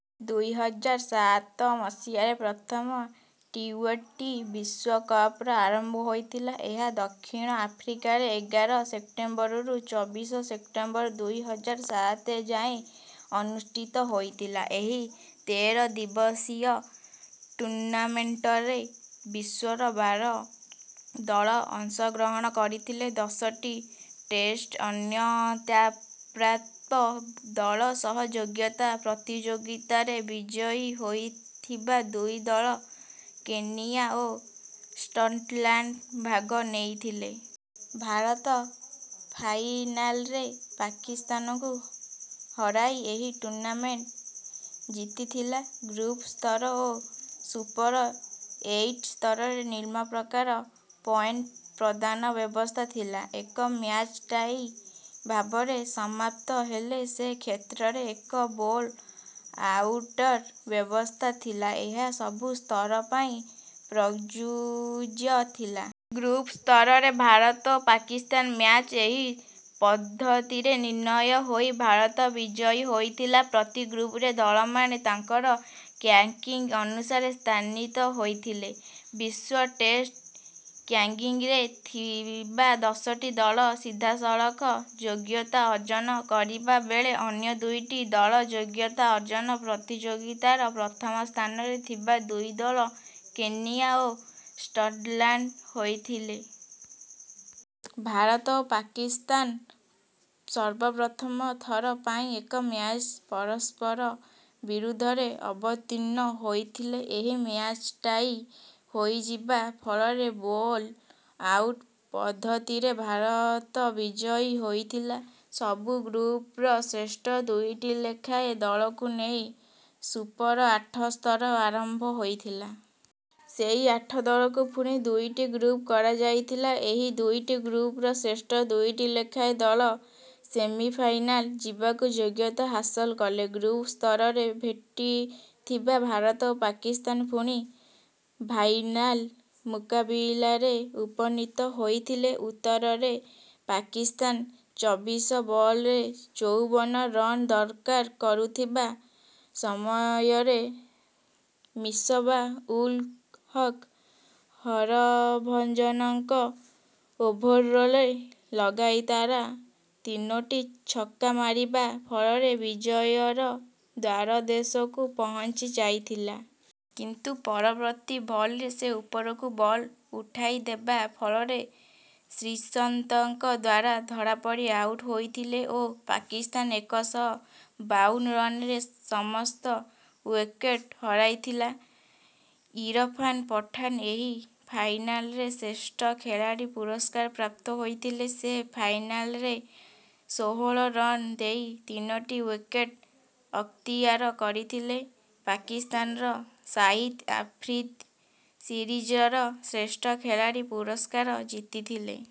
ଦୁଇ ହଜାର ସାତ ମସିହାରେ ପ୍ରଥମ ଟି-ଟ୍ୱେଣ୍ଟି ବିଶ୍ୱକପ୍‌ର ଆରମ୍ଭ ହୋଇଥିଲା। ଏହା ଦକ୍ଷିଣ ଆଫ୍ରିକାରେ ଏଗାର ସେପ୍ଟେମ୍ବରରୁ ଚବିଶ ସେପ୍ଟେମ୍ବର ଦୁଇ ହଜାର ସାତ ଯାଏଁ ଅନୁଷ୍ଠିତ ହୋଇଥିଲା। ଏହି ତେର ଦିବସୀୟ ଟୁର୍ଣ୍ଣାମେଣ୍ଟରେ ବିଶ୍ୱର ବାର ଦଳ ଅଂଶଗ୍ରହଣ କରିଥିଲେ। ଦଶଟି ଟେଷ୍ଟ ମାନ୍ୟତାପ୍ରାପ୍ତ ଦଳ ସହ ଯୋଗ୍ୟତା ପ୍ରତିଯୋଗିତାରେ ବିଜୟୀ ହୋଇଥିବା ଦୁଇ ଦଳ କେନିଆ ଓ ସ୍କଟଲ୍ୟାଣ୍ଡ ଭାଗ ନେଇଥିଲେ। ଭାରତ ଫାଇନାଲ୍‌ରେ ପାକିସ୍ତାନକୁ ହରାଇ ଏହି ଟୁର୍ଣ୍ଣାମେଣ୍ଟ ଜିତିଥିଲା। ଗ୍ରୁପ୍ ସ୍ତର ଓ ସୁପର ଏଇଟ୍ ସ୍ତରରେ ନିମ୍ନ ପ୍ରକାର ପଏଣ୍ଟ ପ୍ରଦାନ ବ୍ୟବସ୍ଥା ଥିଲା। ଏକ ମ୍ୟାଚ୍ ଟାଇ ଭାବରେ ସମାପ୍ତ ହେଲେ ସେ କ୍ଷେତ୍ରରେ ଏକ ବୋଲ୍ ଆଉଟ୍‌ର ବ୍ୟବସ୍ଥା ଥିଲା। ଏହା ସବୁ ସ୍ତର ପାଇଁ ପ୍ରଯୁଜ୍ୟ ଥିଲା। ଗ୍ରୁପ୍ ସ୍ତରରେ ଭାରତ ଓ ପାକିସ୍ତାନ ମ୍ୟାଚ୍ ଏହି ପଦ୍ଧତିରେ ନିର୍ଣ୍ଣୟ ହୋଇ ଭାରତ ବିଜୟୀ ହୋଇଥିଲା। ପ୍ରତି ଗ୍ରୁପ୍‌ରେ ଦଳମାନେ ତାଙ୍କର କ୍ୟାଙ୍କିଙ୍ଗ୍ ଅନୁସାରେ ସ୍ଥାନିତ ହୋଇଥିଲେ। ବିଶ୍ୱ ଟେଷ୍ଟ କ୍ୟାଙ୍ଗିଙ୍ଗ୍‌ରେ ଥିବା ଦଶଟି ଦଳ ସିଧାସଳଖ ଯୋଗ୍ୟତା ଅର୍ଜନ କରିବା ବେଳେ ଅନ୍ୟ ଦୁଇଟି ଦଳ ଯୋଗ୍ୟତା ଅର୍ଜନ ପ୍ରତିଯୋଗିତାର ପ୍ରଥମ ସ୍ଥାନରେ ଥିବା ଦୁଇ ଦଳ କେନିଆ ଓ ଷ୍ଟଡଲ୍ୟାଣ୍ଡ ହୋଇଥିଲେ। ଭାରତ ଓ ପାକିସ୍ତାନ ସର୍ବପ୍ରଥମ ଥର ପାଇଁ ଏକ ମ୍ୟାଚ୍‌ରେ ପରସ୍ପର ବିରୁଦ୍ଧରେ ଅବତୀର୍ଣ୍ଣ ହୋଇଥିଲେ। ଏହି ମ୍ୟାଚ୍ ଟାଇ ହୋଇଯିବା ଫଳରେ ବୋଲ୍ ଆଉଟ୍ ପଦ୍ଧତିରେ ଭାରତ ବିଜୟୀ ହୋଇଥିଲା। ସବୁ ଗ୍ରୁପ୍‌ର ଶ୍ରେଷ୍ଠ ଦୁଇଟି ଲେଖାଏଁ ଦଳକୁ ନେଇ ସୁପର ଆଠ ସ୍ତର ଆରମ୍ଭ ହୋଇଥିଲା। ସେହି ଆଠ ଦଳକୁ ଫୁଣି ଦୁଇଟି ଗ୍ରୁପ୍ କରାଯାଇଥିଲା। ଏହି ଦୁଇଟି ଗ୍ରୁପ୍‌ର ଶ୍ରେଷ୍ଠ ଦୁଇଟି ଲେଖାଏଁ ଦଳ ସେମିଫାଇନାଲ୍ ଯିବାକୁ ଯୋଗ୍ୟତା ହାସଲ କଲେ। ଗ୍ରୁପ୍ ସ୍ତରରେ ଭେଟିଥିବା ଭାରତ ଓ ପାକିସ୍ତାନ ପୁଣି ଭାଇନାଲ୍ ମୁକାବିଲାରେ ଉପନୀତ ହୋଇଥିଲେ। ଉତ୍ତରରେ ପାକିସ୍ତାନ ଚବିଶ ବଲ୍‌ରେ ଚଉବନ ରନ୍ ଦରକାର କରୁଥିବା ସମୟରେ ମିସବା-ଉଲ୍-ହକ୍ ହରଭଜନଙ୍କ ଓଭର୍‌ରେ ଲଗାତାର ତିନୋଟି ଛକା ମାରିବା ଫଳରେ ବିଜୟର ଦ୍ୱାରଦେଶକୁ ପହଞ୍ଚି ଯାଇଥିଲା। କିନ୍ତୁ ପରବର୍ତ୍ତୀ ବଲ୍‌ରେ ସେ ଉପରକୁ ବଲ୍ ଉଠାଇ ଦେବା ଫଳରେ ଶ୍ରୀସନ୍ତଙ୍କ ଦ୍ୱାରା ଧରାପଡ଼ି ଆଉଟ୍ ହୋଇଥିଲେ ଓ ପାକିସ୍ତାନ ଏକ ଶହ ବାଉନ ରନ୍‌ରେ ସମସ୍ତ ୱିକେଟ୍ ହରାଇଥିଲା। ଇରଫାନ୍ ପଠାନ ଏହି ଫାଇନାଲ୍‌ରେ ଶ୍ରେଷ୍ଠ ଖେଳାଳି ପୁରସ୍କାର ପ୍ରାପ୍ତ ହୋଇଥିଲେ। ସେ ଫାଇନାଲ୍‌ରେ ଷୋହଳ ରନ୍ ଦେଇ ତିନୋଟି ୱିକେଟ୍ ଅକ୍ତିଆର କରିଥିଲେ। ପାକିସ୍ତାନର ସାହିଦ୍ ଆଫ୍ରିଦି ସିରିଜ୍‌ର ଶ୍ରେଷ୍ଠ ଖେଳାଳି ପୁରସ୍କାର ଜିତିଥିଲେ।